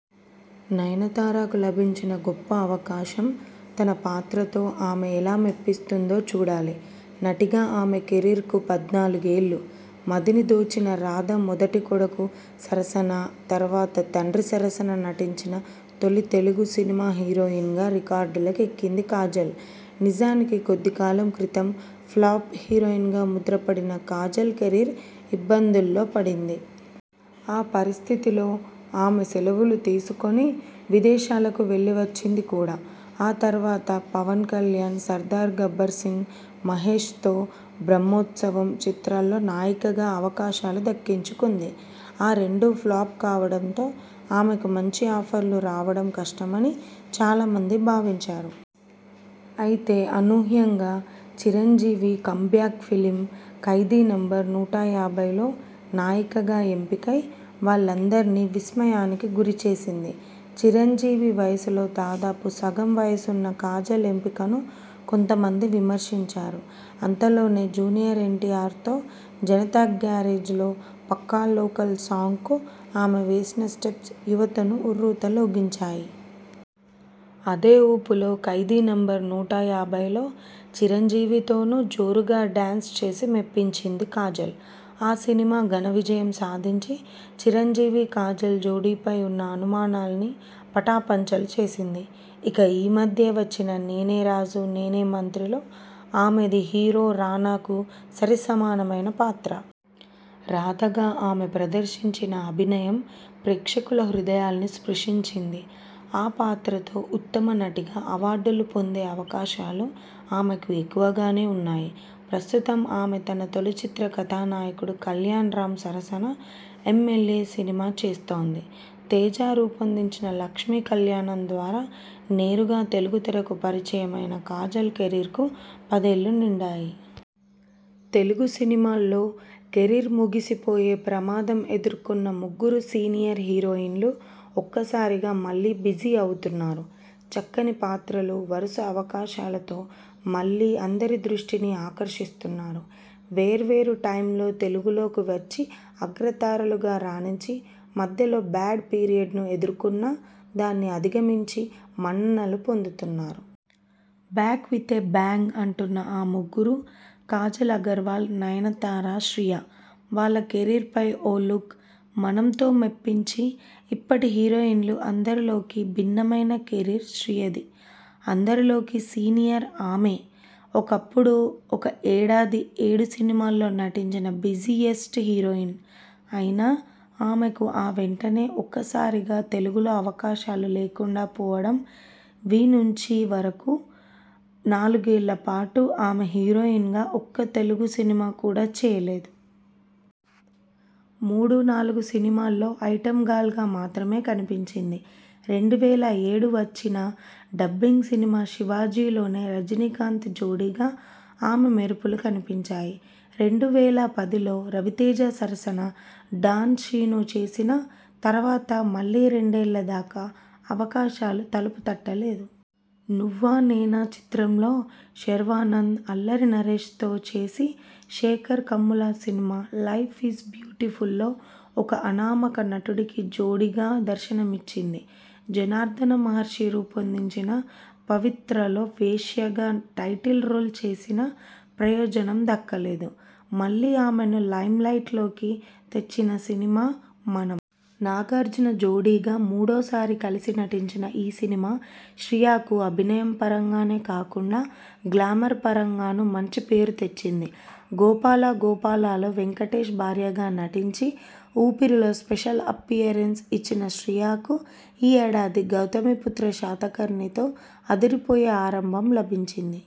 నయనతారకు లభించిన గొప్ప అవకాశం. తన పాత్రతో ఆమె ఎలా మెప్పిస్తుందో చూడాలి. నటిగా ఆమె కెరీర్కు పద్నాలుగేళ్లు. మదిని దోచిన రాధ మొదట కొడుకు సరసన, తర్వాత తండ్రి సరసన నటించిన తొలి తెలుగు సినిమా హీరోయిన్గా రికార్డులకెక్కింది కాజల్. నిజానికి, కొద్ది కాలం క్రితం ఫ్లాప్ హీరోయిన్గా ముద్రపడిన కాజల్ కెరీర్ ఇబ్బందుల్లో పడింది. ఆ పరిస్థితిలో ఆమె 'సెలవులు' తీసుకొని విదేశాలకు వెళ్లి వచ్చింది కూడా. ఆ తర్వాత పవన్ కళ్యాణ్ 'సర్దార్ గబ్బర్సింగ్', మహేశ్తో 'బ్రహ్మోత్సవం' చిత్రాల్లో నాయికగా అవకాశాలు దక్కించుకొంది. ఆ రెండూ ఫ్లాప్ కావడంతో ఆమెకు మంచి ఆఫర్లు రావడం కష్టమని చాలా మంది భావించారు. అయితే అనూహ్యంగా Chiranjeevi come back film 'Khaidi number నూట యాభై లో నాయికగా ఎంపికై వాళ్లందర్నీ విస్మయానికి గురి చేసింది. చిరంజీవి వయసులో దాదాపు సగం వయసున్న కాజల్ ఎంపికను కొంతమంది విమర్శించారు. అంతలోనే జూనియర్ ఎన్టీఆర్తో 'జనతా గ్యారేజ్'లో 'పక్కా లోకల్' సాంగ్కు ఆమె వేసిన స్టెప్స్ యువతను ఉర్రూతలూగించాయి. అదే ఊపులో 'ఖైదీ నంబర్ నూట యాభై 'లో చిరంజీవితోనూ జోరుగా డాన్స్ చేసి మెప్పించింది కాజల్. ఆ సినిమా ఘన విజయం సాధించి, చిరంజీవి-కాజల్ జోడీపై ఉన్న అనుమానాల్ని పటాపంచలు చేసింది. ఇక ఈ మధ్యే వచ్చిన 'నేనే రాజు నేనే మంత్రి'లో ఆమెది హీరో రానాకు సరిసమానమైన పాత్ర. రాధగా ఆమె ప్రదర్శించిన అభినయం ప్రేక్షకుల హృదయాల్ని స్పృశించింది. ఆ పాత్రతో ఉత్తమ నటిగా అవార్డులు పొందే అవకాశాలు ఆమెకు ఎక్కువగానే ఉన్నాయి. ప్రస్తుతం ఆమె తన తొలి చిత్ర కథానాయకుడు కల్యాణ్రామ్ సరసన 'ఎంఎల్ఏ' సినిమా చేస్తోంది. తేజ రూపొందించిన 'లక్ష్మీ కల్యాణం' ద్వారా నేరుగా తెలుగు తెరకు పరిచయమైన కాజల్ కెరీర్కు పదేళ్లు నిండాయి. తెలుగు సినిమాల్లో కెరీర్ ముగిసిపోయే ప్రమాదం ఎదుర్కొన్న ముగ్గురు సీనియర్ హీరోయిన్లు ఒక్కసారిగా మళ్లీ బిజీ అవుతున్నారు. చక్కని పాత్రలు, వరుస అవకాశాలతో మళ్లీ అందరి దృష్టినీ ఆకర్షిస్తున్నారు. వేర్వేరు టైమ్లో తెలుగులోకి వచ్చి అగ్ర తారలుగా రాణించి, మధ్యలో 'బ్యాడ్ పీరియడ్'ను ఎదుర్కొన్నా.. దాన్ని అధిగమించి మన్ననలు పొందుతున్నారు. 'బ్యాక్ విత్ ఎ బ్యాంగ్' అంటున్న ఆ ముగ్గురు.. కాజల్ అగర్వాల్, నయనతార, శ్రియ! వాళ్ల కెరీర్పై ఓ లుక్'మనం'తో మెప్పించి.. ఇప్పటి హీరోయిన్లు అందరిలోకీ భిన్నమైన కెరీర్ శ్రియది. అందరిలోకీ సీనియర్ ఆమే. ఒకప్పుడు ఒకే ఏడాది ఏడు సినిమాల్లో నటించిన బిజీయెస్ట్ హీరోయిన్ అయిన ఆమెకు ఆ వెంటనే ఒక్కసారిగా తెలుగులో అవకాశాలు లేకుండా పోవడం వి నుంచి వరకు నాలుగేళ్ల పాటు ఆమె హీరోయిన్గా ఒక్క తెలుగు సినిమా కూడా చేయలేదు. మూడు నాలుగు సినిమాల్లో ఐటమ్ గాళ్గా మాత్రమే కనిపించింది. రెండు వేల ఏడు వచ్చిన డబ్బింగ్ సినిమా 'శివాజీ'లోనే రజనీకాంత్ జోడీగా ఆమె మెరుపులు కనిపించాయి. రెండు వేలపది లో రవితేజ సరసన 'డాన్ శీను' చేసిన తర్వాత మళ్లీ రెండేళ్ల దాకా అవకాశాలు తలుపు తట్టలేదు. 'నువ్వా నేనా' చిత్రంలో శర్వానంద్, అల్లరి నరేశ్తో చేసి, Sekhar Kammula cinema 'life is బ్యూటిఫుల్'లో ఒక అనామక నటుడికి జోడీగా దర్శనమిచ్చింది. జనార్దన మహర్షి రూపొందించిన 'పవిత్ర'లో వేశ్యగా టైటిల్ రోల్ చేసినా ప్రయోజనం దక్కలేదు. మళ్లీ ఆమెను లైమ్లైట్లోకి తెచ్చిన సినిమా 'మనం'. నాగార్జున జోడీగా మూడోసారి కలిసి నటించిన ఈ సినిమా శ్రియకు అభినయపరంగానే కాకుండా గ్లామర్ పరంగానూ మంచి పేరు తెచ్చింది. 'గోపాల గోపాల'లో వెంకటేశ్ భార్యగా నటించి, 'ఊపిరి'లో స్పెషల్ అప్పీరెన్స్ ఇచ్చిన శ్రియకు ఈ ఏడాది 'గౌతమిపుత్ర శాతకర్ణి'తో అదిరిపోయే ఆరంభం లభించింది.